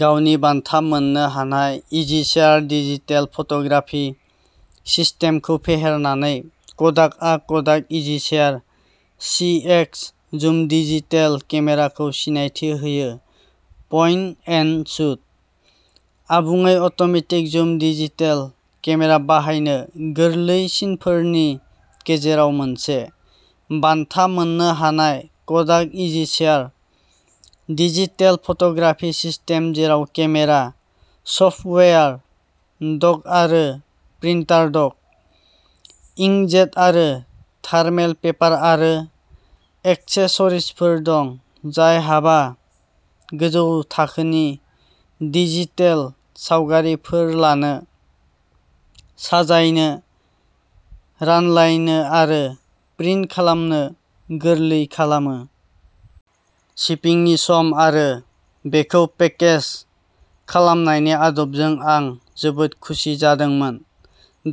गावनि बान्था मोन्नो हानाय इजिशेयार डिजिटेल फट'ग्राफि सिस्टेमखौ फेहेरनानै, क'डाकआ क'डाक इजिशेयार सीहेक्स जुम डिजिटेल केमेराखौ सिनायथि होयो पइन्ट एन्ड शुट, आबुङै अट'मेटिक जुम डिजिटेल केमेरा बाहायनो गोरलैसिनफोरनि गेजेराव मोनसे। बान्था मोन्नो हानाय Kodak EasyShare digital photography system जेराव केमेरा, सफ्टवेयार, डक आरो प्रिन्टार डक, इंकजेट आरो थार्मेल पेपार आरो एक्सेसरिजफोर दं जायहाबा गोजौ थाखोनि डिजिटेल सावगारिफोर लानो, साजायनो, रानलायनो आरो प्रिन्ट खालामनो गोरलै खालामो। शिपिंनि सम आरो बेखौ पेकेज खालामनायनि आदबजों आं जोबोद खुसि जादोंमोन।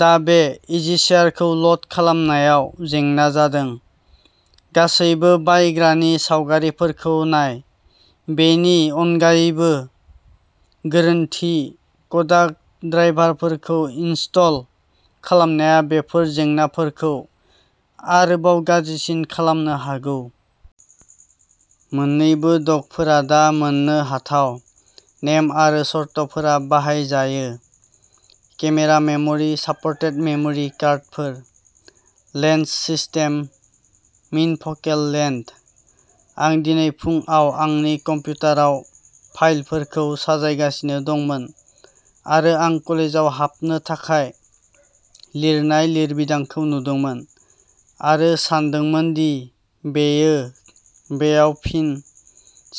दा बे इजिशेयारखौ ल'ड खालामनायाव जेंना जादों। गासैबो बायग्रानि सावगारिफोरखौ नाय। बेनि अनगायैबो, गोरोन्थि क'डाक ड्राइभारफोरखौ इनस्टल खालामनाया बेफोर जेंनाफोरखौ आरोबाव गाज्रिसिन खालामनो हागौ। मोन्नैबो डकफोरा दा मोननोहाथाव। नेम आरो सर्तफोरा बाहायजायो। केमेरा मेम'रि साप'र्टेड मेम'रि कार्डफोर। Lens system min focal length. आं दिनै फुंआव आंनि कम्पिउटाराव फाइलफोरखौ साजायगासिनो दंमोन आरो आं कलेजाव हाबनो थाखाय लिरनाय लिरबिदांखौ नुदोंमोन, आरो सानदोंमोन दि बेयो बेयाव फिन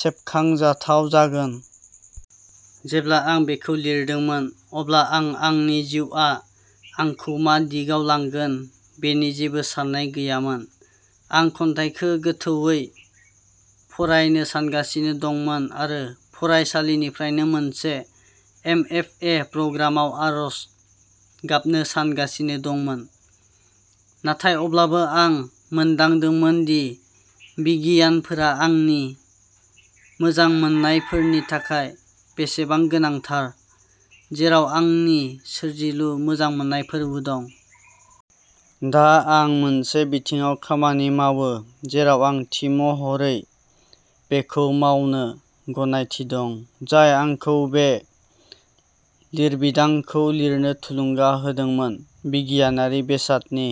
सेबखांजाथाव जागोन। जेब्ला आं बेखौ लिरदोंमोन, अब्ला आं आंनि जिउआ आंखौ मा दिगाव लांगोन बेनि जेबो सान्नाय गैयामोन आं खन्थाइखौ गोथौवै फरायनो सानगासिनो दंमोन आरो फरायसालिनिफ्रायनो मोनसे एमएफए प्रग्रामाव आर'ज गाबनो सानगासिनो दंमोन। नाथाय अब्लाबो आं मोनदांदोंमोन दि बिगियानफोरा आंनि मोजांमोननायफोरनि थाखाय बेसेबां गोनांथार, जेराव आंनि सोरजिलु मोजांमोननायफोरबो दं। दा आं मोनसे बिथिङाव खामानि मावो जेराव आं थि महरै बेखौ मावनो गनायथि दं जाय आंखौ बे लिरबिदांखौ लिरनो थुलुंगा होदोंमोन बिगियानारि बेसादनि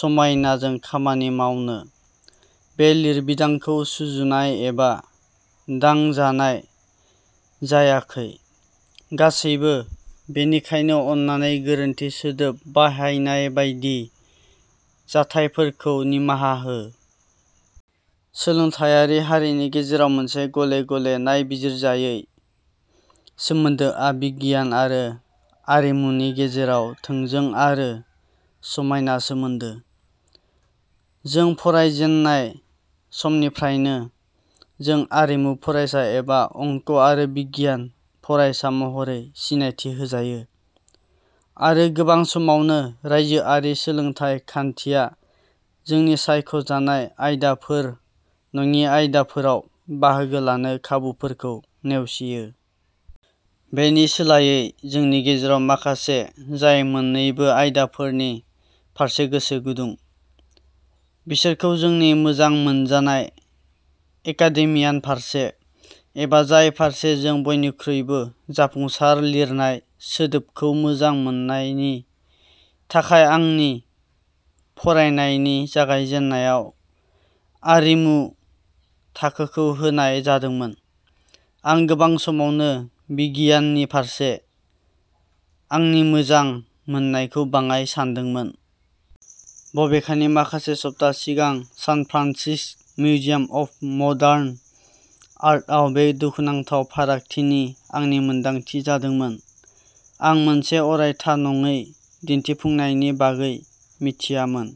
समायनाजों खामानि मावनो। बे लिरबिदांखौ सुजुनाय एबा" दांजानाय "जायाखै। गासैबो, बेनिखायनो अन्नानै गोरोन्थि सोदोब बाहायनाय बायदि जाथायफोरखौ निमाहा हो। सोलोंथायारि हारिनि गेजेराव मोनसे गले गले नायबिजिरजायै सोमोन्दोआ बिगियान आरो आरिमुनि गेजेराव थोंजों आरो समायना सोमोन्दो। जों फरायजेननाय समनिफ्रायनो, जों "आरिमु" फरायसा एबा "अंक आरो बिगियान" फरायसा महरै सिनायथि होजायो, आरो गोबां समावनो रायजोआरि सोलोंथाय खान्थिया जोंनि सायख' जानाय आयदाफोर नङि आयदाफोराव बाहागो लानो खाबुफोरखौ नेवसियो। बेनि सोलायै, जोंनि गेजेराव माखासे जाय मोन्नैबो आयदाफोरनि फारसे गोसो गुदुं, बिसोरखौ जोंनि "मोजां मोनजानाय" एकाडेमियान फारसे, एबा जाय फारसे जों बयनिख्रुइबो जाफुंसार लिरनाय सोदोबखौ मोजां मोननायनि थाखाय आंनि फरायनायनि जागायजेन्नायाव "आरिमु" थाखोखौ होनाय जादोंमोन, आं गोबां समावनो बिगियाननि फारसे आंनि मोजां मोननायखौ बाङाइ सान्दोंमोन। बबेखानि, माखासे सप्ता सिगां San Francisco' Museum of Modern आर्टआव बे दुखुनांथाव फारागथिनि आंनि मोनदांथि जादोंमोन। आं मोनसे अरायथा नङै दिन्थिफुंनायनि बागै मिथियामोन।